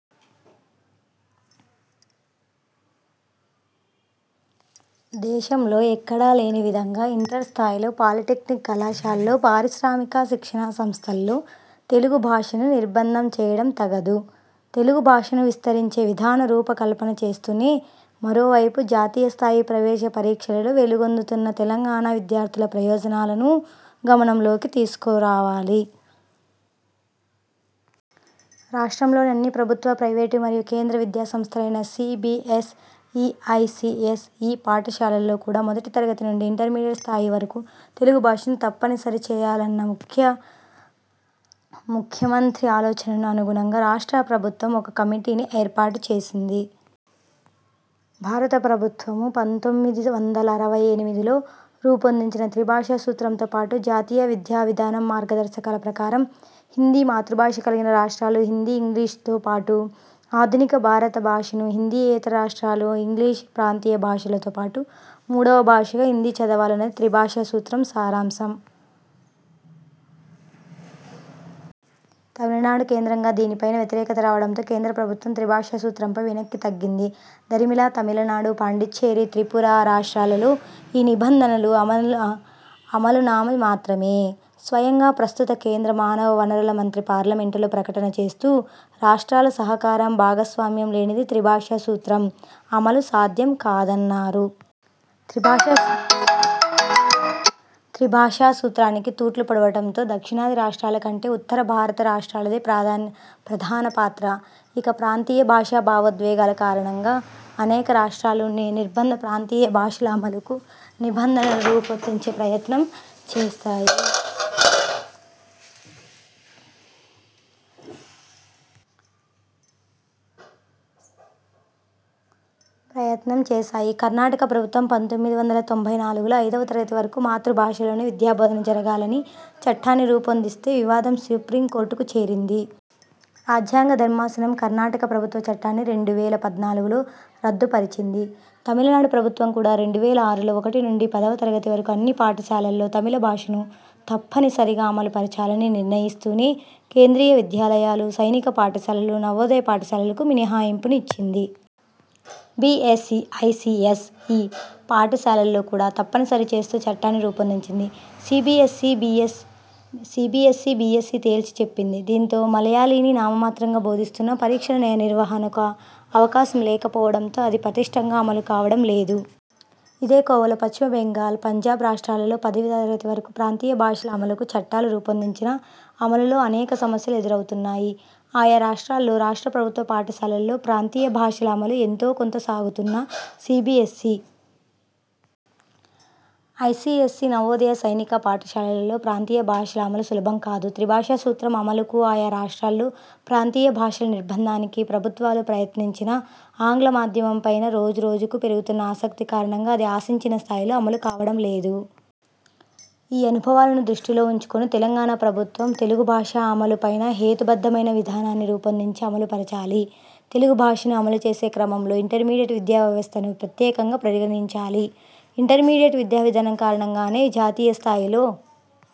దేశంలో ఎక్కడా లేని విధంగా ఇంటర్ స్థాయిలో పాలిటెక్నిక్ కళాశాల్లో, పారిశ్రామిక శిక్షణా సంస్థల్లో తెలుగు భాషను నిర్భందం చేయడం తగదు. తెలుగు భాషను విస్తరించే విధాన రూప కల్పన చేస్తూనే మరోవైపు జాతీయ స్థాయి ప్రవేశ పరీక్షలలో వెలుగొందుతున్న తెలంగాణ విద్యార్థుల ప్రయోజనాలనూ గమనం లోకి తీసుక రావాలి. రాష్ట్రంలోని అన్ని ప్రభుత్వ, ప్రైవేటు మరియు కేంద్ర విద్యా సంస్థలైన C. B. S. E., I. C. S. E. పాఠశాలల్లో కూడ మొదటి తరగతి నుండి ఇంటర్మీడియట్ స్థాయి వరకు తెలుగు భాషను తప్ప నిసరి చేయాలన్న ముఖ్యమంత్రి ఆలోచనకు అనుగుణంగా రాష్ట్ర ప్రభుత్వం ఒక కమిటిని ఏర్పాటు చేసింది. భారత ప్రభుత్వం పంతొమ్మిది వందల అరవై ఎనిమిదిలో రూపొందించిన త్రిభాష సూత్రంతో పాటు జాతీయ విద్యా విధానం మార్గదర్శకాల ప్రకారం హిందీ మాతృభాష కలిగిన రాష్ట్రాలు హిందీ ఇంగ్లీష్తో పాటు ఆధునిక భారత భాషనూ, హిందీయేతర రాష్ట్రాలు ఇంగ్లీష్, ప్రాంతీయ భాషలతో పాటు మూడవ భాషగా హిందీ చదవాలన్నది త్రిభాష సూత్రం సారాంశం. తమిళనాడు కేంద్రంగా దీనిపైన వ్యతిరేకత రావడంతో కేంద్ర ప్రభుత్వం త్రిభాష సూత్రంపై వెనక్కి తగ్గింది. దరిమిలా తమిళనాడు, పాండిచ్చేరి, త్రిపుర రాష్ట్రాలలో ఈ నిబం ధనలు అమలు నామ మాత్రమే. స్వయంగా ప్రస్తుత కేంద్ర మానవ వనరుల మంత్రి పార్లమెంటులో ప్రకటన చేస్తూ రాష్ట్రాల సహకారం, భాగస్వామ్యం లేనిది త్రిభాష సూత్రం అమలు సాధ్యం కాదన్నారు. త్రిభాషా సూత్రానికి తూట్లు పొడవడంలో దక్షిణాది రాష్ట్రాల కంటే ఉత్తర భారత రాష్ట్రాలదే ప్రధాన పాత్ర. ఇక, ప్రాంతీయ భాషా భావోద్వేగాల కారణంగా అనేక రాష్ట్రాలు నిర్బంధ ప్రాంతీయ భాషల అమలుకు నిబంధనలను రూపొందించే ప్రయత్నం చేసాయి. కర్ణాటక ప్రభుత్వం పంతొమ్మిది వందల తొంభై నాలుగులో ఐదవ తరగతి వరకు మాతృ భాషలోనే విద్యా బోధన జరగాలని చట్టాన్ని రూపొందిస్తే వివాదం సుప్రీంకోర్టుకు చేరింది. రాజ్యంగ ధర్మాసనం కర్ణాటక ప్రభుత్వ చట్టాన్ని రెండు వేల పద్నాలుగులో రద్దు పరిచింది. తమిళనాడు ప్రభుత్వం కూడా రెండు వేల ఆరులో ఒకటి నుండి పదివ తరగతి వరకు అన్ని పాఠశాలల్లో తమిళ భాషను తప్పని సరిగా అమలు పరచాలని నిర్ణయిస్తూనే కేంద్రీయ విద్యాలయాలు, సైనిక పాఠశాలలు, నవోదయ పాఠశాలలకు మినహాయింపును ఇచ్చింది. B. S. E., I. C. S. E. పాఠశాలల్లో కూడా తప్పనిసరి చేస్తూ చట్టాన్ని రూపొందించింది. C. B. S. E. B. S. E. తేల్చిచెప్పింది. దీంతో మలయాళీని నామమాత్రంగా బోధిస్తున్నా పరీక్షల నిర్వహణకు అవకాశం లేక పోవడంతో అది పటిష్ఠంగా అమలు కావడం లేదు. ఇదే కోవలో పశ్చిమ బెంగాల్ పంజాబ్ రాష్ట్రాలలో పదివ తరగతి వరకు ప్రాంతీయ భాషల అమలుకు చట్టాలు రూపొందించినా అమలులో అనేక సమస్యలు ఎదురవుతున్నాయి. ఆయా రాష్ట్రాల్లో రాష్ట్ర ప్రభుత్వ పాఠశాలల్లో ప్రాంతీయ భాషల అమలు ఎంతో కొంత సాగుతున్నా C. B. S. E., I. C. S. E., Navodaya, సైనిక పాఠశాలల్లో ప్రాంతీయ భాషల అమలు సులభం కాదు. త్రిభాషా సూత్రం అమలుకు, ఆయా రాష్ట్రాల్లో ప్రాంతీయ భాషల నిర్బంధానికీ ప్రభుత్వాలు ప్రయత్నించినా ఆంగ్ల మాధ్యమం పైన రోజు రోజుకు పెరుగుతున్న ఆసక్తి కారణంగా అది ఆశించిన స్థాయిలో అమలు కావడంలేదు. ఈ అనుభవాలను దృష్టిలో ఉంచుకొని తెలంగాణ ప్రభుత్వం తెలుగు భాష అమలు పైన హేతు బద్ధమైన విధానాన్ని రూపొందించి అమలు పరచాలి. తెలుగు భాషను అమలు చేసే క్రమంలో ఇంటర్మీడియట్ విద్యా వ్యవస్థను ప్రత్యేకంగా పరిగణించాలి. ఇంటర్మీడియట్ విద్యా విధానం కారణంగానే జాతీయ స్థాయిలో